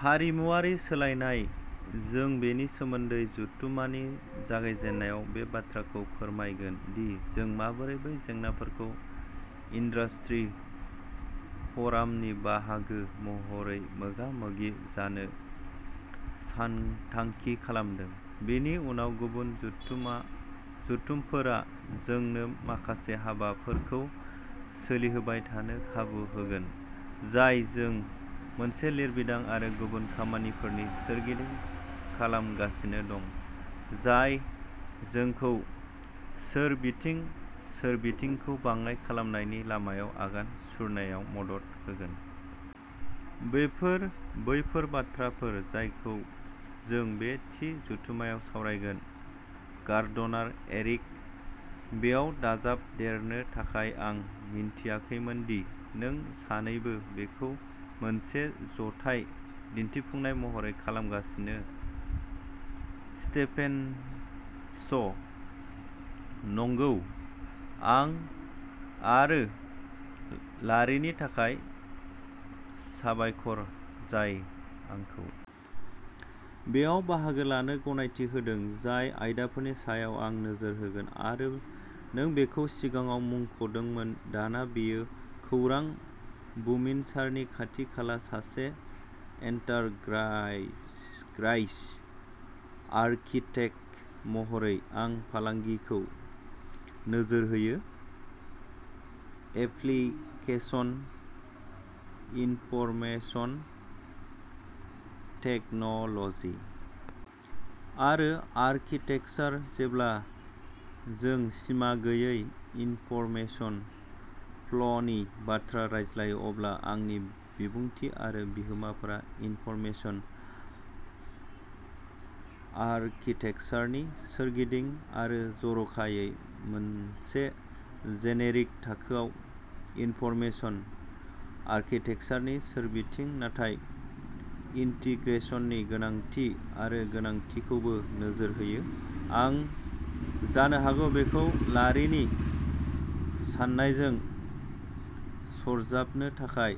हारिमुआरि सोलायनाय जों बेनि सोमोन्दै जथुम्मानि जागायजेन्नायाव बे बाथ्राखौ फोरमायगोन दि जों माबोरै बै जेंनाफोरखौ इन्दास्ट्रि फ'रामनि बाहागो महरै मोगा मोगि जानो सानथांखि खालामदों। बेनि उनाव गुबुन जथुमफोरा जोंनो माखासे हाबाफोरखौ सोलिहोबाय थानो खाबु होगोन जाय जों मोनसे लिरबिदां आरो गुबुन खामानिफोरनि सोरगिदिं खालामगासिनो दं जाय जोंखौ सोरबिथिं सोरबिथिंखौ बाङाइ खालामनायनि लामायाव आगान सुरनायाव मदद होगोन। बेफोर बैफोर बाथ्राफोर जायखौ जों बे थि जथुम्मायाव सावरायगोन गार्डनार एरिक बेयाव दाजाबदेरनो थाखाय आं मिन्थियाखैमोन दि नों सानैबो बेखौ मोनसे जथाय दिन्थिफुंनाय महरै खालामगासिनो स्टेफेनस नंगौ आरो लारिनि थाखाय साबायखर जाय आंखौ बेयाव बाहागो लानो गनायथि होदों जाय आयदाफोरनि सायाव आं नोजोर होगोन आरो नों बेखौ सिगाङाव मुंख'दोंमोन दाना बेयो खौरां बुमिनसारनि खाथि खाला सासे एन्टारप्राइज आर्किटेक्ट महरै आं फालांगिखौ नोजोर होयो एप्लिकेसन इनफरमेशन टेक्न'ल'जि आरो आर्किटेकचार जेब्ला जों सिमा गैयै इनफरमेशन फ्ल'नि बाथ्रा रायज्लायो अब्ला आंनि बिबुंथि आरो बिहोमाफोरा इनफरमेशन आर्किटेकचारनि सोरगिदिं आरो जर'खायै मोनसे जेनेरिक थाखोआव इनफरमेशन आर्किटेकचारनि सोरबिथिं नाथाय इन्टिग्रेसननि गोनांथि आरो गोनांथिखौबो नोजोर होयो आं जानो हागौ बेखौ लारिनि साननायजों सरजाबनो थाखाय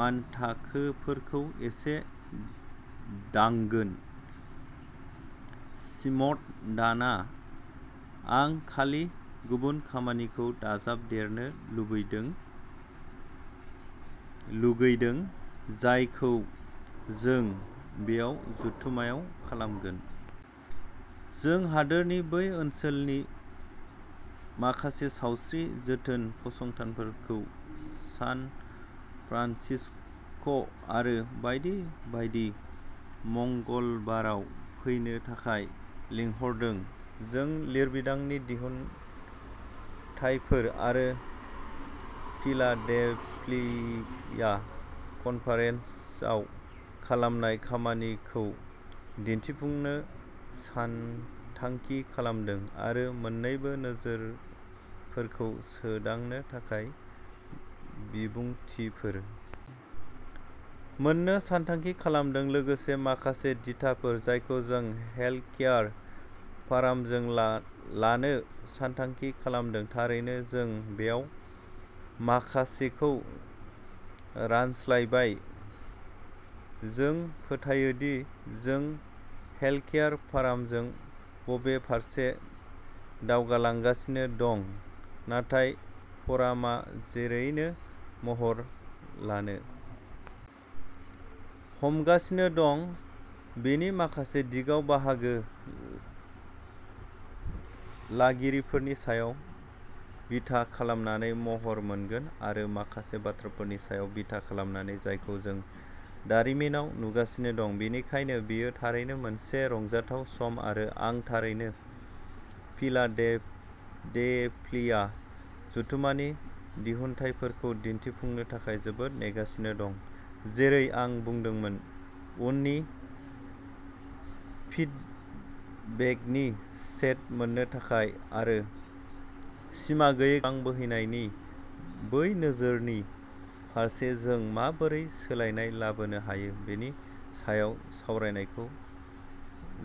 मानथाखोफोरखौ एसे दांगोन श्मिट डाना आं खालि गुबुन खामानिखौ दाजाबदेरनो लुगैदों जायखौ जों बेयाव जथुम्मायाव खालामगोन। जों हादोरनि बै ओनसोलनि माखासे सावस्रि जोथोन फसंथानफोरखौ सान फ्रान्सिस्क'आरो बायदि बायदि मंगलबाराव फैनो थाखाय लिंहरदों जों लिरबिदांनि दिहुनथायफोर आरो फिलाडेल्फिया कनफारेन्सआव खालामनाय खामानिखौ दिन्थिफुंनो सानथांखि खालामदों आरो मोन्नैबो नोजोरफोरखौ सोदांनो थाखाय बिबुंथिफोर मोन्नो सानथांखि खालामदों लोगोसे माखासे दिथाफोर जायखौ जों हेल्थकेयार फरामजों लानो सानथांखि खालामदों थारैनो जों बेयाव माखासेखौ रानस्लायबाय जों फोथायो दि जों हेल्थकेयार फ'रामजों बबे फारसे दावगालांगासिनो दं नाथाय फ'रामआ जेरैनो महर लानो हमगासिनो दं बेनि माखासे दिगाव बाहागो लागिरिफोरनि सायाव बिथा खालामनानै महर मोनगोन आरो माखासे बाथ्राफोरनि सायाव बिथा खालामनानै जायखौ जों दारिमिनाव नुगासिनो दं बेनिखायनो बेयो थारैनो मोनसे रंजाथाव सम आरो आं थारैनो फिलाडेल्फिया जथुम्मानि दिहुनथाइफोरखौ दिन्थिफुंनो थाखाय जोबोद नेगासिनो दं जेरै आं बुंदोंमोन उननि फिडबेकनि सेट मोन्नो थाखाय आरो सिमा गैयै खौरां बोहैनायनि बै नोजोरनि फारसे जों माबोरै सोलायनाय लाबोनो हायो बेनि सायाव सावरायनायखौ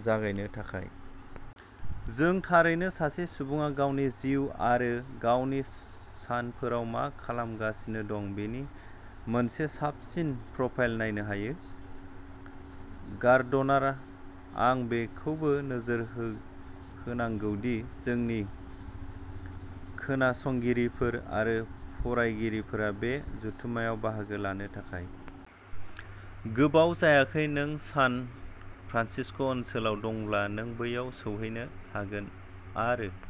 जागायनो थाखाय। जों थारैनो सासे सुबुङा गावनि जिउ आरो गावनि सानफोराव मा खालामगासिनो दं बेनि मोनसे साबसिन प्रफाइल नायनो हायो। गार्डनार आं बेखौबो नोजोर होनांगौ दि जोंनि खोनासंगिरिफोर आरो फरायगिरिफोरा बे जथुम्मायाव बाहागो लानो थाखाय गोबाव जायाखै नों सान फ्रान्सिस्क'ओनसोलाव दंब्ला नों बैयाव सौहैनो हागोन आरो